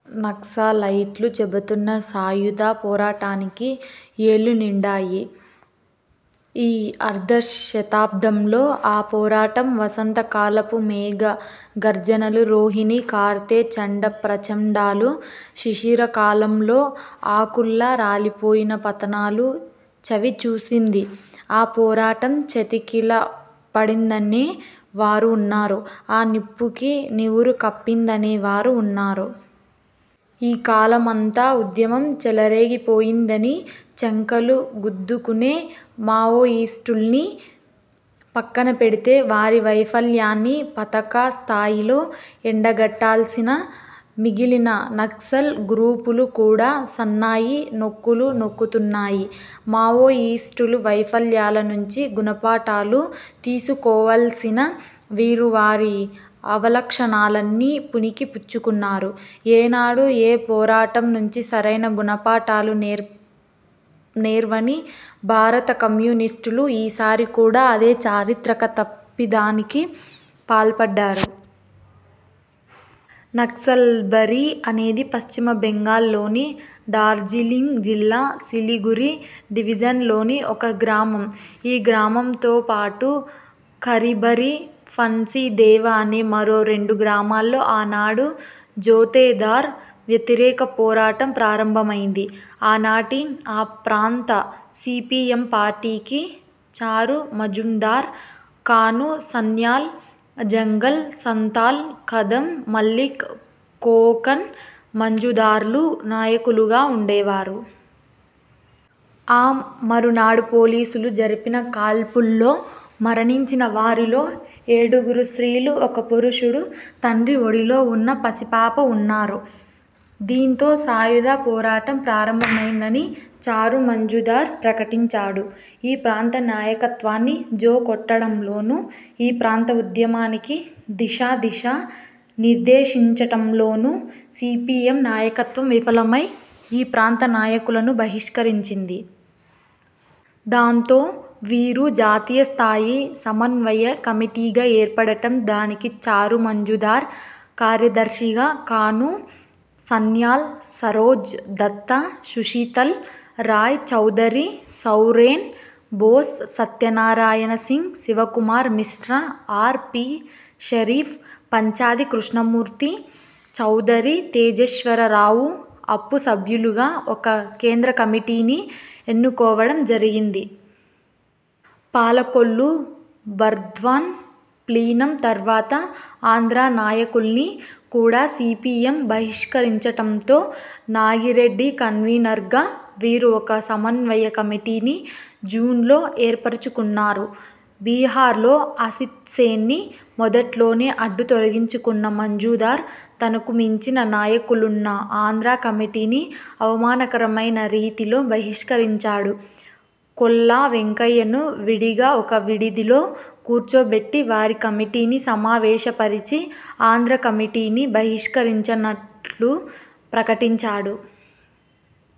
'నక్సలైట్లు' చెబుతున్న సాయుధ పోరాటానికి ఏళ్లు నిండాయి. ఈ అర్ధ శతాబ్దంలో ఆ పోరాటం 'వసంత కాలపు మేఘ గర్జనలు', రోహిణీ కార్తె చండ ప్రచండాలు, శిశిర కాలంలో ఆకుల్లా రాలిపోయిన పతనాలు చవిచూసింది. ఆ పోరాటం చతికిల పడిందనే వారూ వున్నారు. ఆ నిప్పుకి నివురు కప్పిందనే వారూ వున్నారు. ఈ కాలమంతా ఉద్యమం చెలరేగిపోయిందని చంకలు గుద్దుకునే మావోయిస్టుల్ని పక్కనపెడితే వారి వైఫల్యాన్ని పతక స్థాయిలో ఎండగట్టాల్సిన మిగిలిన నక్సల్ గ్రూపులు కూడా సన్నాయి నొక్కులు నొక్కుతున్నాయి. మావోయిస్టులు వైఫల్యాల నుంచి గుణపాఠాలు తీసుకోవాల్సిన వీరు వారి అవలక్షణాలన్నీ పుణికి పుచ్చుకున్నారు. ఏనాడూ ఏ పోరాటం నుంచి సరైన గుణపాఠాలు నేర్వని భారత కమ్యూనిస్టులు ఈసారి కూడా అదే 'చారిత్రక తప్పిదానికి' పాల్పడ్డారు. 'నక్సల్బరీ' అనేది పశ్చిమ బెంగాల్లోని డార్జిలింగ్ జిల్లా సిలిగురి డివిజన్లోని ఒక గ్రామం. ఈ గ్రామంతో పాటు ఖరిభరి, ఫన్సిదేవ అనే మరో రెండు గ్రామాల్లో ఆనాడు జోతేదార్ వ్యతిరేక పోరాటం ప్రారంభమైంది. ఆనాటి ఆ ప్రాంత సీపీఎం పార్టీకి చారుమజుందార్, కానూ సన్యాల్, జంగల్ సంతాల్, ఖదం మల్లిక్, కోకన్ మజుందార్లు నాయకులుగా వుండేవారు. ఆ మరునాడు పోలీసులు జరిపిన కాల్పుల్లో మరణించిన వారిలో ఏడుగురు స్త్రీలు, ఒక పురుషుడు, తండ్రి ఒడిలో వున్న పసిపాప వున్నారు. దీంతో సాయుధ పోరాటం ప్రారంభమైం దని చారుమజుందార్ ప్రకటించాడు. ఈ ప్రాంత నాయకత్వాన్ని జో కొట్టడంలోనూ, ఈ ప్రాంత ఉద్యమానికి దిశాదిశా నిర్దేశించటంలోనూ సీపీఎం నాయకత్వం విఫలమై ఈ ప్రాంత నాయకులను బహిష్కరించింది. దాంతో వీరు జాతీయస్థాయి సమన్వయ కమిటీగా ఏర్పడటం దానికి చారు మజుందార్ కార్యదర్శిగా, కానూ సన్యాల్, సరోజ్ దత్తా, సుషితల్ రాయ్ చౌదరి, సౌరేన్ బోస్, సత్యనారాయణ సింగ్, శివకుమార్ మిశ్రా ఆర్. పి. షరీఫ్, పంచాది కృష్ణమూర్తి, చౌదరి తేజేశ్వర రావు, అప్పు సభ్యులుగా ఒక కేంద్రకమిటీని ఎన్నుకోవటం జరిగింది. పాలకొల్లు, బర్ద్వాన్ ప్లీనం తర్వాత ఆంధ్రానాయకుల్ని కూడా సీపీఎం బహిష్కరించటంతో నాగిరెడ్డి కన్వీనర్గా వీరూ ఒక సమన్వయ కమిటీని జూన్లో ఏర్పరచుకున్నారు. బీహార్లో అసిత్సేన్ని మొదట్లోనే అడ్డు తొలగించుకున్న మజుందార్ తనకు మించిన నాయకులున్న ఆంధ్రా కమిటీని అవమానకరమైన రీతిలో బహిష్కరించాడు. కొల్లా వెంకయ్యను విడిగా ఒక విడిదిలో కూర్చోబెట్టి వారి కమిటీని సమావేశపరిచి ఆంధ్రా కమిటీని బహిష్కరించినట్లు ప్రకటించాడు.